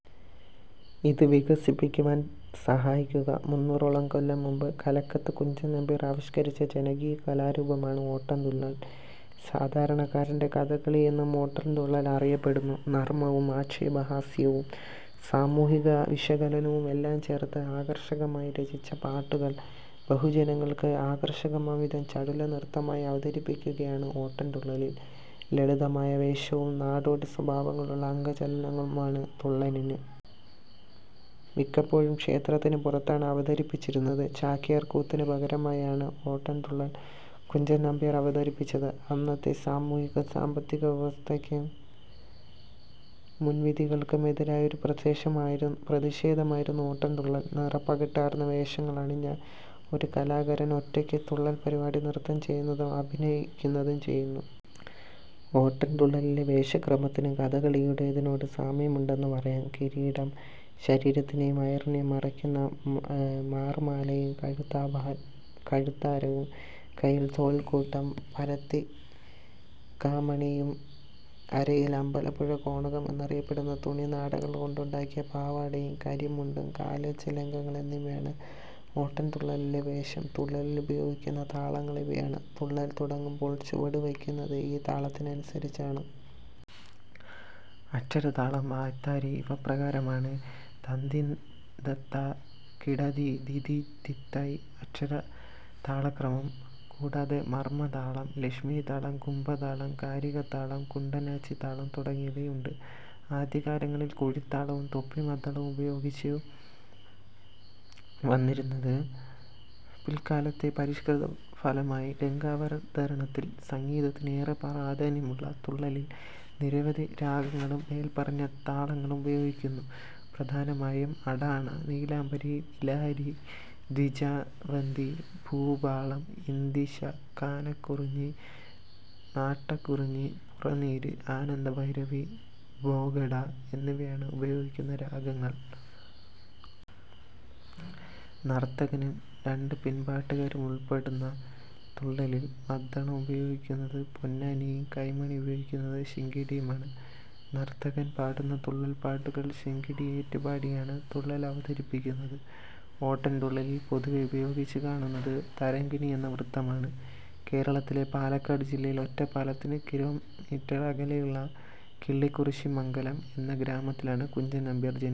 ഇതു വികസിപ്പിക്കുവാൻ സഹായിക്കുക. മുന്നുറോളം കൊല്ലംമുമ്പ് കലക്കത്തു കുഞ്ചൻ നമ്പ്യാർ ആവിഷ്കരിച്ച ജനകീയകലാരുപമാണ് ഓട്ടൻതുള്ളൽ. സാധാരണക്കാരന്റെ കഥകളി എന്നും ഓട്ടൻതുള്ളൽ അറിയപ്പെടുന്നു. നർമ്മവും ആക്ഷേപഹാസ്യവും സാമൂഹിക വിശകലനവും എല്ലാം ചേർത്ത് ആകർഷകമായി രചിച്ച പാട്ടുകൾ ബഹുജനങ്ങൾക്ക് ആകർഷകമാം വിധം ചടുല നൃത്തമായി അവതരിപ്പിക്കുകയാണ് ഓട്ടൻതുള്ളലിൽ. ലളിതമായ വേഷവും നാടോടി സ്വഭാവമുള്ള അംഗചലനങ്ങളുമാണ് തുള്ളലിന്. മിക്കപ്പോഴും ക്ഷേത്രത്തിനു പുറത്താണ് അവതരിപ്പിച്ചിരുന്നത്. ചാക്യാർ കൂത്തിനു പകരമായി ആണ് ഓട്ടൻതുള്ളൽ കുഞ്ചൻ നമ്പ്യാർ അവതരിപ്പിച്ചത്. അന്നത്തെ സാമൂഹിക സാമ്പത്തിക വ്യവസ്ഥയ്ക്കും മുൻവിധികൾക്കും എതിരായ ഒരു പ്രതിഷേധമായിരുന്നു ഓട്ടൻതുള്ളൽ. നിറപ്പകിട്ടാർന്ന വേഷങ്ങൾ അണിഞ്ഞ ഒരു കലാകാരൻ ഒറ്റയ്ക്ക് തുള്ളൽ പാട്ടുപാടി നൃത്തം ചെയ്യുകയും അഭിനയിക്കുകയും ചെയ്യുന്നു. ഓട്ടൻ തുള്ളലിലെ വേഷക്രമത്തിന് കഥകളിയുടേതിനോട് സാമ്യമുണ്ട് എന്നു പറയാം. കിരീടം, ശരീരത്തിനെയും വയറിനെയും മറയ്ക്കുന്ന മാർമാലയും കഴുത്താരവും കൈയ്യിൽ തോൾക്കൂട്ടം, പരത്തിക്കാമണിയും അരയിൽ 'അമ്പലപുഴ കോണകം' എന്നറിയപ്പെടുന്ന തുണിനാടകൾ കൊണ്ടുണ്ടാക്കിയ പാവാടയും കരമുണ്ടും കാലിൽ ചിലങ്കകൾ എന്നിവയാണ് ഓട്ടൻതുള്ളലിലെ വേഷം. തുള്ളലിൽ ഉപയോഗിയ്ക്കുന്ന താളങ്ങൾ ഇവയാണ് തുള്ളൽ തുടങ്ങുമ്പോൾ ചുവടുവെയ്ക്കുന്നത് ഈ താളത്തിനനുസരിച്ചാണ്. അക്ഷര താളം. വായ്ത്താരി ഇപ്രകാരമാണ്"തത്തിന്തത്താ കിടധീ ധിതി ത്തിത്തൈ" അക്ഷരതാളം കൂടാതെ മർമ്മ താളം, ലക്ഷ്മീ താളം, കുംഭ താളം, കാരികതാളം, കുണ്ടനാച്ചിതാളം തുടങ്ങിയവയും ഉണ്ട്. ആദ്യകാലങ്ങളിൽ കുഴിതാളവും തൊപ്പിമദ്ദളവുമാണ് ഉപയോഗിച്ചു വന്നിരുന്നത് പിൽക്കാലത്തെ പരിഷ്കൃതഫലമായി രംഗാവതരണത്തിൽ സംഗീതത്തിന് ഏറെപ്രാധാന്യമുള്ള തുള്ളലിൽ നിരവധി രാഗങ്ങളും മേൽപറഞ്ഞ താളങ്ങളും ഉപയോഗിയ്ക്കുന്നു. പ്രധാനമായും അഠാണ, നീലാംബരി, ബിലഹരി, ദ്വിജാവന്തി, ഭൂപാളം, ഇന്ദിശ, കാനക്കുറുഞ്ഞി, നാട്ടക്കുറുഞ്ഞി, പുറനീര്, ആനന്ദഭൈരവി, ബേഗഡ എന്നിവയാണ് ഉപയോഗിയ്ക്കുന്ന രാഗങ്ങൾ. നർത്തകനും രണ്ട് പിൻപാട്ടുകാരും ഉൾപ്പെടുന്ന തുള്ളലിൽ മദ്ദളം ഉപയോഗിയ്ക്കുന്നത് പൊന്നാനിയും കൈമണി ഉപയോഗിയ്ക്കുന്നത് ശിങ്കിടിയുമാണ്. നർത്തകൻ പാടുന്ന തുള്ളൽപാട്ടുകൾ ശിങ്കിടി ഏറ്റുപാടിയാണ് തുള്ളൽ അവതരിപ്പിയ്ക്കുന്നത്. ഓട്ടൻ തുള്ളലിൽ പൊതുവേ ഉപയോഗിച്ച് കാണുന്നത് തരംഗിണി എന്ന വൃത്തമാണ്. കേരളത്തിലെ പാലക്കാട് ജില്ലയിൽ ഒറ്റപ്പാലത്തിന് കിലോമീറ്റർ അകലെയായുള്ള കിള്ളിക്കുറിശ്ശിമംഗലം എന്ന ഗ്രാമത്തിലാണ് കുഞ്ചൻ നമ്പ്യാർ ജനിച്ചത്.